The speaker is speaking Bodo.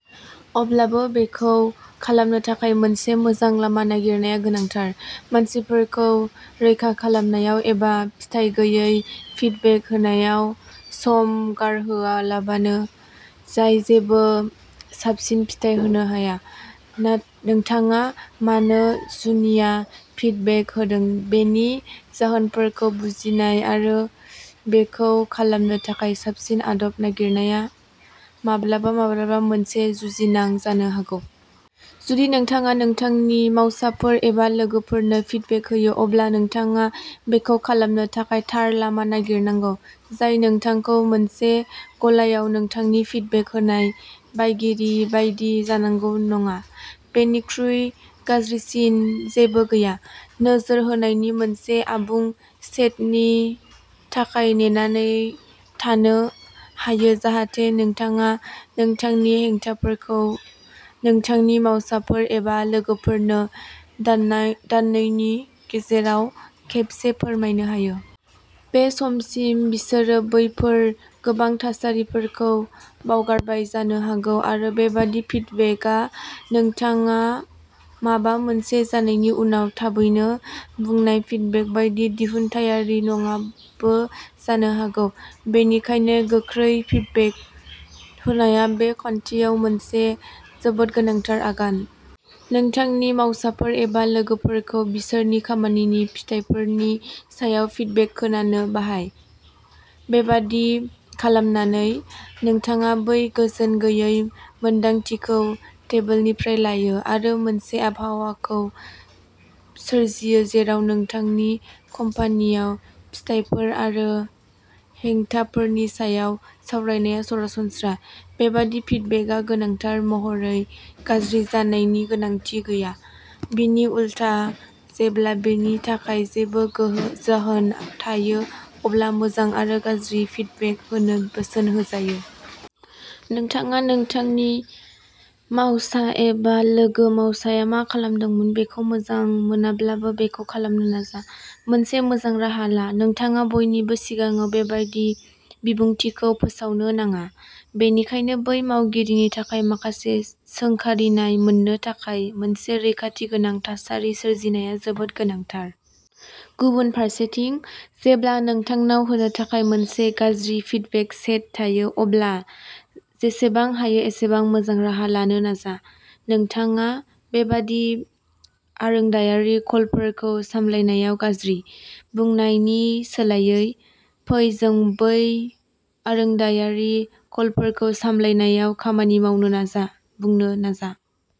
अब्लाबो, बेखौ खालामनो थाखाय मोनसे मोजां लामा नागिरनाया गोनांथार, मानसिफोरखौ रैखा खालामनायाव एबा फिथाय गैयै फिडबेक होनायाव सम गारहोआलाबानो जाय जेबो साबसिन फिथाय होनो हाया। नोंथाङा मानो जुनिया फिडबेक होदों बेनि जाहोनफोरखौ बुजिनाय आरो बेखौ खालामनो थाखाय साबसिन आदब नागिरनाया माब्लाबा माब्लाबा मोनसे जुजिनां जानो हागौ। जुदि नोंथाङा नोंथांनि मावसाफोर एबा लोगोफोरनो फिडबेक होयो, अब्ला नोंथाङा बेखौ खालामनो थाखाय थार लामा नागिरनांगौ, जाय नोंथांखौ मोनसे गलायाव नोंथांनि फिडबेक होनाय बायगिरि बायदि जानांगौ नङा। बेनिख्रुइ गाज्रिसिन जेबो गैया। नोजोर होनायनि मोनसे आबुं सेटनि थाखाय नेनानै थानो हायो जाहाथे नोंथाङा नोंथांनि हेंथाफोरखौ नोंथांनि मावसाफोर एबा लोगोफोरनो दाननैनि गेजेराव खेबसे फोरमायनो हायो। बै समसिम, बिसोरो बैफोर गोबां थासारिफोरखौ बावगारबाय जानो हागौ आरो बेबादि फिडबेकआ नोंथाङा माबा मोनसे जानायनि उनाव थाबैनो बुंनाय फिडबेक बायदि दिहुनथायारि नङाबो जानो हागौ। बेनिखायनो, गोख्रै फिडबेक होनाया बे खान्थियाव मोनसे जोबोद गोनांथार आगान। नोंथांनि मावसाफोर एबा लोगोफोरखौ बिसोरनि खामानिनि फिथायफोरनि सायाव फिडबेक खोनानो बाहाय। बेबादि खालामनानै, नोंथाङा बै गोजोनगैयै मोन्दांथिखौ टेबोलनिफ्राय लायो आरो मोनसे आबहावाखौ सोरजियो जेराव नोंथांनि कम्पानीयाव फिथायफोर आरो हेंथाफोरनि सायाव सावरायनाया सरासनस्रा। बेबादि फिडबेकआ गोनांथार महरै गाज्रि जानायनि गोनांथि गैया; बिनि उलथा, जेब्ला बेनि थाखाय जेबो जाहोन थायो अब्ला मोजां आरो गाज्रि फिडबेक होनो बोसोन होजायो। नोंथाङा नोंथांनि मावसा एबा लोगो-मावसाया मा खालामदोंमोन बेखौ मोजां मोनाब्लाबो, बेखौ खालामनो नाजा। मोनसे मोजां राहा ला। नोंथाङा बयनिबो सिगाङाव बेबादि बिबुंथिखौ फोसावनो नाङा, बेनिखायनो बै मावगिरिनि थाखाय माखासे सोंखारिनाय मोन्नो थाखाय मोनसे रैखाथि गोनां थासारि सोरजिनाया जोबोद गोनांथार। गुबुन फारसेथिं, जेब्ला नोंथांनाव होनो थाखाय मोनसे गाज्रि फिडबेक सेट थायो, अब्ला जेसेबां हायो एसेबां मोजां राहा लानो नाजा। "नोंथाङा बेबादि आरोंदायारि कलफोरखौ सामलायनायाव गाज्रि" बुंनायनि सोलायै, "फै जों बै आरोंदायारि कलफोरखौ सामलायनायाव खामानि मावनो नाजा" बुंनो नाजा।